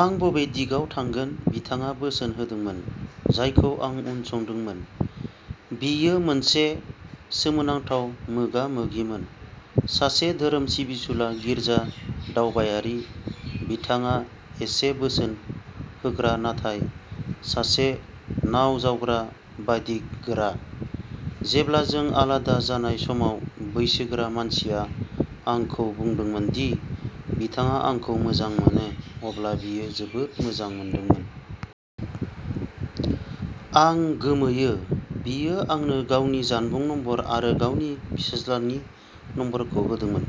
आं बबे दिगाव थांगोन? बिथाङा बोसोन होदोंमोन, जायखौ आं उनसंदोंमोन। बेयो मोनसे गोसोनांथाव मोगा-मोगिमोन। सासे धोरोम सिबिसुला गिर्जा-दावबायारि, बिथाङा एसे'बोसोन होग्रा'नाथाय सासे नावजावग्रा बायदि गोरा। जेब्ला जों आलादा जानाय समाव बैसोगोरा मानसिया आंखौ बुंदोंमोन दि बिथाङा आंखौ मोजां मोनो, अब्ला बियो जोबोद मोजां मोनदोंमोन। आं गोमोयो। बियो आंनो गावनि जानबुं नम्बर आरो गावनि फिसाज्लानि नम्बरखौ होदोंमोन।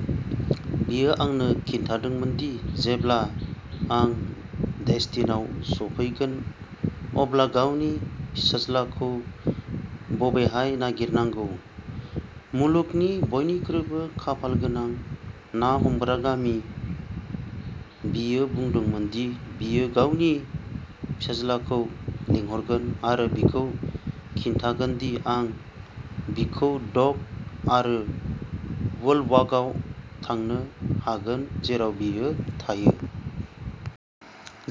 बियो आंनो खिन्थादोंमोन दि जेब्ला आं डेस्टिनआव सौफैगोन अब्ला गावनि फिसाज्लाखौ बबेहाय नागिरनांगौ, "मुलुगनि बयनिख्रुइबो खाफालगोनां ना हमग्रा गामि! "। बियो बुंदोंमोन दि बियो गावनि फिसाज्लाखौ लिंहरगोन आरो बिखौ खिन्थागोन दि आं बिखौ डक आरो बर्डवाकआव थांनो हागोन जेराव बियो थायो।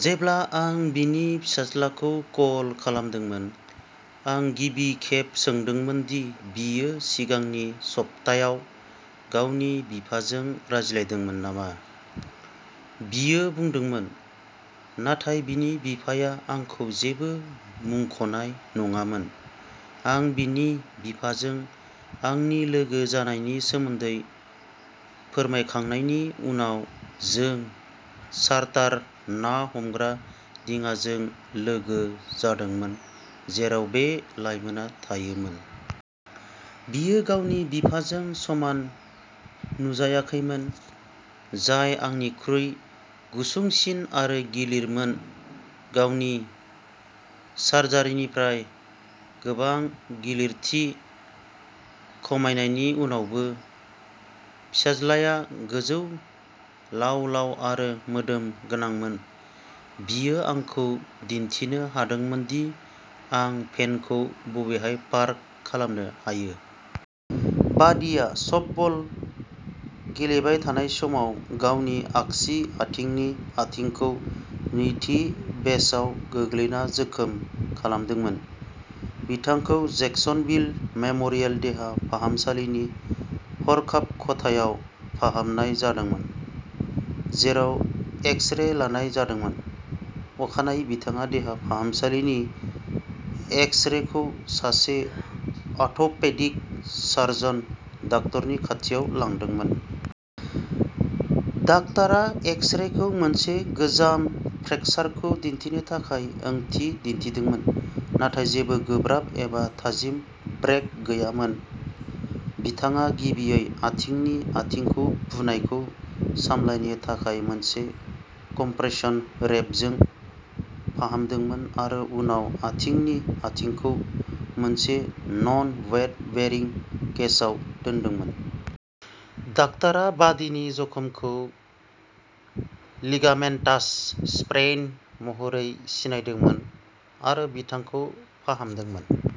जेब्ला आं बिनि फिसाज्लाखौ कल खालामदोंमोन, आं गिबि खेब सोंदोंमोन दि बियो सिगांनि सप्तायाव गावनि बिफाजों रायज्लायदोंमोन नामा। बियो बुंदोंमोन, नाथाय बिनि बिफाया आंखौ जेबो मुंख'नाय नङामोन। आं बिनि बिफाजों आंनि लोगो जानायनि सोमोन्दै फोरमायखांनायनि उनाव जों चार्टार ना हमग्रा दिङाजों लोगो जादोंमोन, जेराव बे लाइमोनआ थायोमोन। बियो गावनि बिफाजों समान नुजायाखैमोन, जाय आंनिख्रुइ गुसुंसिन आरो गिलिरमोन, गावनि सार्जारिनिफ्राय गोबां गिलिरथि खमायनायनि उनावबो। फिसाज्लाया गोजौ, लाव-लाव आरो मोदोम गोनांमोन। बियो आंखौ दिन्थिनो हादोंमोन दि आं भेनखौ बबेहाय पार्क खालामनो हायो। बादीआ सफ्टबल गेलेबाय थानाय समाव गावनि आगसि आथिंनि आथिंखौ नैथि बेसआव गोग्लैना जोखोम खालामदोंमोन। बिथांखौ जैक्सनविल मेम'रियेल देहा फाहामसालिनि हरखाब खथायाव फाहामनाय जादोंमोन, जेराव एक्स-रे लानाय जादोंमोन। अखानायै बिथाङा देहा फाहामसालिनि एक्स-रेखौ सासे आथ'पेडिक सार्जन डाक्टरनि खाथियाव लांदोंमोन। डाक्टारा एक्स-रेखौ मोनसे गोजाम फ्रेकसारखौ दिन्थिनो थाखाय ओंथि दिन्थिदोंमोन, नाथाय जेबो गोब्राब एबा थाजिम ब्रेक गैयामोन। बिथाङा गिबियै आथिंनि आथिंखौ बुनायखौ सामलायनो थाखाय मोनसे कम्प्रेशन रैपजों फाहामदोंमोन आरो उनाव आथिंनि आथिंखौ मोनसे नन-वेट बेरिं केसआव दोनदोंमोन। डाक्टारा बादीनि जखमखौ लिगामेन्टास स्प्रेइन महरै सिनायदोंमोन आरो बिथांखौ फाहामदोंमोन।